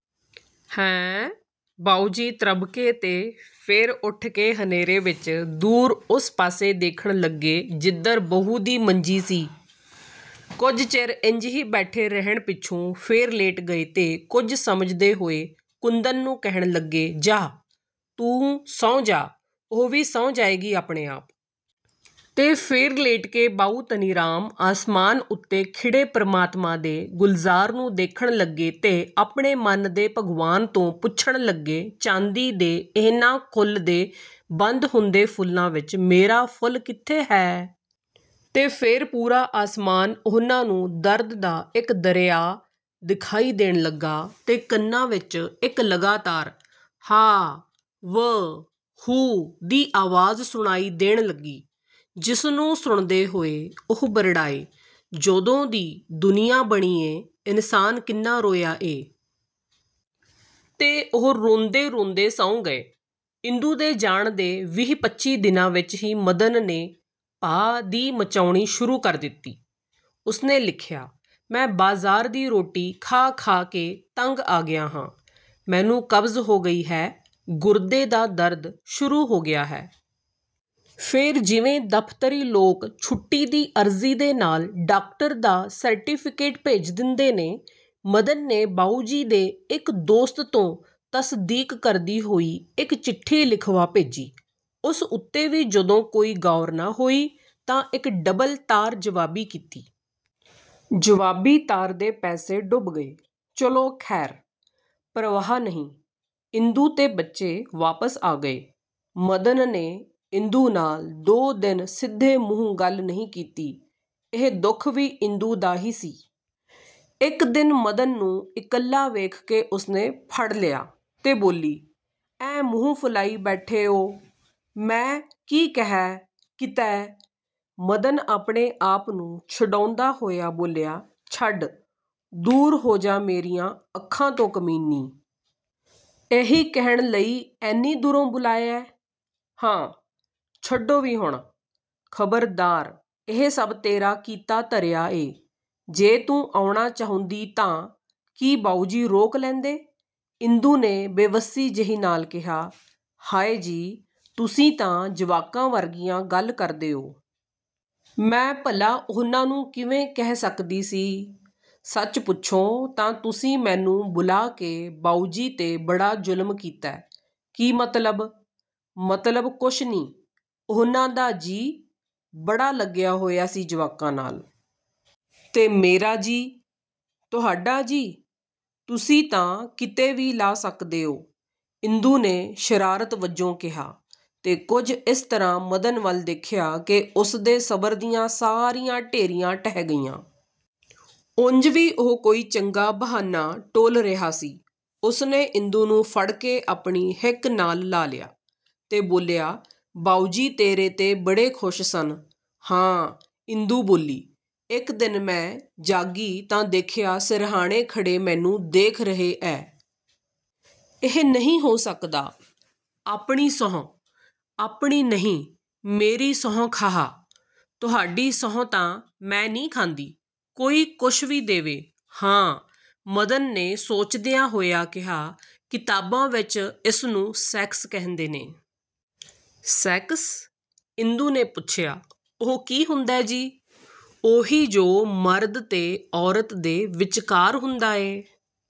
" "ਹੈਂਅ? " ਬਾਊਜੀ ਤ੍ਰਬਕੇ ਤੇ ਫੇਰ ਉਠ ਕੇ ਹਨੇਰੇ ਵਿਚ ਦੂਰ ਉਸ ਪਾਸੇ ਦੇਖਣ ਲੱਗੇ ਜਿਧਰ ਬਹੂ ਦੀ ਮੰਜੀ ਸੀ। ਕੁਝ ਚਿਰ ਇੰਜ ਹੀ ਬੈਠੇ ਰਹਿਣ ਪਿੱਛੋਂ ਫੇਰ ਲੇਟ ਗਏ ਤੇ ਕੁਝ ਸਮਝਦੇ ਹੋਏ ਕੁੰਦਨ ਨੂੰ ਕਹਿਣ ਲੱਗੇ-"ਜਾਹ… ਤੂੰ ਸੌਂ ਜਾ, ਉਹ ਵੀ ਸੌਂ ਜਾਏਗੀ ਆਪਣੇ ਆਪ। " ਤੇ ਫੇਰ ਲੇਟ ਕੇ ਬਾਊ ਧਨੀਰਾਮ ਆਸਮਾਨ ਉੱਤੇ ਖਿੜੇ ਪ੍ਰਮਾਤਮਾ ਦੇ ਗੁਲਜ਼ਾਰ ਨੂੰ ਦੇਖਣ ਲੱਗੇ ਤੇ ਆਪਣੇ ਮਨ ਦੇ ਭਗਵਾਨ ਤੋਂ ਪੁੱਛਣ ਲੱਗੇ-'ਚਾਂਦੀ ਦੇ ਇਹਨਾਂ ਖੁੱਲ੍ਹਦੇ, ਬੰਦ ਹੁੰਦੇ ਫੁੱਲਾਂ ਵਿਚ ਮੇਰਾ ਫੁੱਲ ਕਿੱਥੇ ਹੈ? ' ਤੇ ਫੇਰ ਪੂਰਾ ਆਸਮਾਨ ਉਹਨਾਂ ਨੂੰ ਦਰਦ ਦਾ ਇਕ ਦਰਿਆ ਦਿਖਾਈ ਦੇਣ ਲੱਗਾ ਤੇ ਕੰਨਾਂ ਵਿਚ ਇਕ ਲਗਾਤਾਰ 'ਹਾ–ਵ–ਹੂ' ਦੀ ਆਵਾਜ਼ ਸੁਣਾਈ ਦੇਣ ਲੱਗੀ। ਜਿਸਨੂੰ ਸੁਣਦੇ ਹੋਏ ਉਹ ਬਰੜਾਏ-'ਜਦੋਂ ਦੀ ਦੁਨੀਆਂ ਬਣੀ ਏੇਂ ਇਨਸਾਨ ਕਿੰਨਾ ਰੋਇਆ ਏ! ' ਤੇ ਉਹ ਰੋਂਦੇ ਰੋਂਦੇ ਸੌਂ ਗਏ। ਇੰਦੂ ਦੇ ਜਾਣ ਦੇ ਵੀਹ ਪੱਚੀ ਦਿਨਾਂ ਵਿਚ ਹੀ ਮਦਨ ਨੇ ਭਾ–ਦੀ ਮਚਾਉਣੀ ਸ਼ੁਰੂ ਕਰ ਦਿਤੀ। ਉਸਨੇ ਲਿਖਿਆ: 'ਮੈਂ ਬਾਜ਼ਾਰ ਦੀ ਰੋਟੀ ਖਾ–ਖਾ ਕੇ ਤੰਗ ਆ ਗਿਆ ਹਾਂ, ਮੈਨੂੰ ਕਬਜ਼ ਹੋ ਗਈ ਹੈ, ਗੁਰਦੇ ਦਾ ਦਰਦ ਸ਼ੁਰੂ ਹੋ ਗਿਆ ਹੈ। ' ਫੇਰ ਜਿਵੇਂ ਦਫ਼ਤਰੀ ਲੋਕ ਛੁੱਟੀ ਦੀ ਅਰਜ਼ੀ ਦੇ ਨਾਲ ਡਾਕਟਰ ਦਾ ਸਰਟਿਫੀਕੇਟ ਭੇਜ ਦਿੰਦੇ ਨੇ, ਮਦਨ ਨੇ ਬਾਊ ਜੀ ਦੇ ਇਕ ਦੋਸਤ ਤੋਂ ਤਸਦੀਕ ਕਰਦੀ ਹੋਈ ਇਕ ਚਿੱਠੀ ਲਿਖਵਾ ਭੇਜੀ। ਉਸ ਉੱਤੇ ਵੀ ਜਦੋਂ ਕੋਈ ਗੌਰ ਨਾ ਹੋਈ ਤਾਂ ਇਕ ਡਬਲ ਤਾਰ-ਜਵਾਬੀ-ਕੀਤੀ। ਜਵਾਬੀ ਤਾਰ ਦੇ ਪੈਸੇ ਡੁੱਬ ਗਏ, ਚਲੋ ਖ਼ੈਰ, ਪ੍ਰਵਾਹ ਨਹੀਂ। ਇੰਦੂ ਤੇ ਬੱਚੇ ਵਾਪਸ ਆ ਗਏ। ਮਦਨ ਨੇ ਇੰਦੂ ਨਾਲ ਦੋ ਦਿਨ ਸਿੱਧੇ ਮੂੰਹ ਗੱਲ ਨਹੀਂ ਕੀਤੀ। ਇਹ ਦੁੱਖ ਵੀ ਇੰਦੂ ਦਾ ਹੀ ਸੀ। ਇਕ ਦਿਨ ਮਦਨ ਨੂੰ ਇਕੱਲਾ ਵੇਖ ਕੇ ਉਸਨੇ ਫੜ੍ਹ ਲਿਆ ਤੇ ਬੋਲੀ-"ਐਂ ਮੂੰਹ ਫੁਲਾਈ ਬੈਠੋ ਓ, ਮੈਂ ਕੀ ਕਿਹੈ… ਕੀਤੈ…? " ਮਦਨ ਆਪਣੇ ਆਪ ਨੂੰ ਛੁਡਾਉਂਦਾ ਹੋਇਆ ਬੋਲਿਆ-"ਛੱਡ, ਦੂਰ ਹੋ ਜਾ ਮੇਰੀਆਂ ਅੱਖਾਂ ਤੋਂ-ਕਮੀਨੀ! " "ਇਹੀ ਕਹਿਣ ਲਈ ਐਨੀ ਦੂਰੋਂ ਬੁਲਾਇਐ? " "ਹਾਂ! " "ਛੱਡੋ ਵੀ ਹੁਣ। " "ਖ਼ਬਰਦਾਰ! ਇਹ ਸਭ ਤੇਰਾ ਕੀਤਾ ਧਰਿਆ ਏ। ਜੇ ਤੂੰ ਆਉਣਾ ਚਾਹੁੰਦੀ ਤਾਂ ਕੀ ਬਾਊਜੀ ਰੋਕ ਲੈਂਦੇ? " ਇੰਦੂ ਨੇ ਬੇਵੱਸੀ ਜਿਹੀ ਨਾਲ ਕਿਹਾ-"ਹਾਏ ਜੀ, ਤੁਸੀਂ ਤਾਂ ਜਵਾਕਾਂ ਵਰਗੀਆਂ ਗੱਲ ਕਰਦੇ ਓ। ਮੈਂ ਭਲਾ ਉਹਨਾਂ ਨੂੰ ਕਿਵੇਂ ਕਹਿ ਸਕਦੀ ਸੀ? ਸੱਚ ਪੁੱਛੋਂ ਤਾਂ ਤੁਸੀਂ ਮੈਨੂੰ ਬੁਲਾਅ ਕੇ ਬਾਊਜੀ 'ਤੇ ਬੜਾ ਜੁਲਮ ਕੀਤੈ। " "ਕੀ ਮਤਲਬ? " "ਮਤਲਬ ਕੁਸ਼ ਨੀਂ, ਉਹਨਾਂ ਦਾ ਜੀਅ ਬੜਾ ਲੱਗਾ ਹੋਇਆ ਸੀ ਜਵਾਕਾਂ ਨਾਲ। " "ਤੇ ਮੇਰਾ ਜੀਅ? " "ਤੁਹਾਡਾ ਜੀਅ? ਤੁਸੀਂ ਤਾਂ ਕਿਤੇ ਵੀ ਲਾ ਸਕਦੇ ਓ! " ਇੰਦੂ ਨੇ ਸ਼ਰਾਰਤ ਵਜੋਂ ਕਿਹਾ। ਤੇ ਕੁਝ ਇਸ ਤਰ੍ਹਾਂ ਮਦਨ ਵੱਲ ਦੇਖਿਆ ਕਿ ਉਸਦੇ ਸਬਰ ਦੀਆਂ ਸਾਰੀਆਂ ਢੇਰੀਆਂ ਢਹਿ ਗਈਆਂ। ਉਂਜ ਵੀ ਉਹ ਕੋਈ ਚੰਗਾ ਬਹਾਨਾ ਟੋਲ ਰਿਹਾ ਸੀ। ਉਸਨੇ ਇੰਦੂ ਨੂੰ ਫੜ੍ਹ ਕੇ ਆਪਣੀ ਹਿੱਕ ਨਾਲ ਲਾ ਲਿਆ ਤੇ ਬੋਲਿਆ-"ਬਾਊਜੀ ਤੇਰੇ 'ਤੇ ਬੜੇ ਖੁਸ਼ ਸਨ? " "ਹਾਂ! " ਇੰਦੂ ਬੋਲੀ, "ਇਕ ਦਿਨ ਮੈਂ ਜਾਗੀ ਤਾਂ ਦੇਖਿਆ ਸਿਰਹਾਣੇ ਖੜ੍ਹੇ ਮੈਨੂੰ ਦੇਖ ਰਹੇ ਐ! " "ਇਹ ਨਹੀਂ ਹੋ ਸਕਦਾ। " "ਆਪਣੀ ਸੌਂਹ! " "ਆਪਣੀ ਨਹੀਂ, ਮੇਰੀ ਸੌਂਹ ਖਾਹ। " "ਤੁਹਾਡੀ ਸੌਂਹ ਤਾਂ ਮੈਂ ਨੀਂ ਖਾਂਦੀ, ਕੋਈ ਕੁਸ਼ ਵੀ ਦੇਵੇ। " "ਹਾਂ! " ਮਦਨ ਨੇ ਸੋਚਦਿਆਂ ਹੋਇਆਂ ਕਿਹਾ, "ਕਿਤਾਬਾਂ ਵਿਚ ਇਸ ਨੂੰ ਸੈਕਸ ਕਹਿੰਦੇ ਨੇ। " "ਸੈਕਸ? " ਇੰਦੂ ਨੇ ਪੁੱਛਿਆ, "ਉਹ ਕੀ ਹੁੰਦੈ ਜੀ? " "ਉਹੀ ਜੋ ਮਰਦ ਤੇ ਔਰਤ ਦੇ ਵਿਚਕਾਰ ਹੁੰਦਾ ਏ।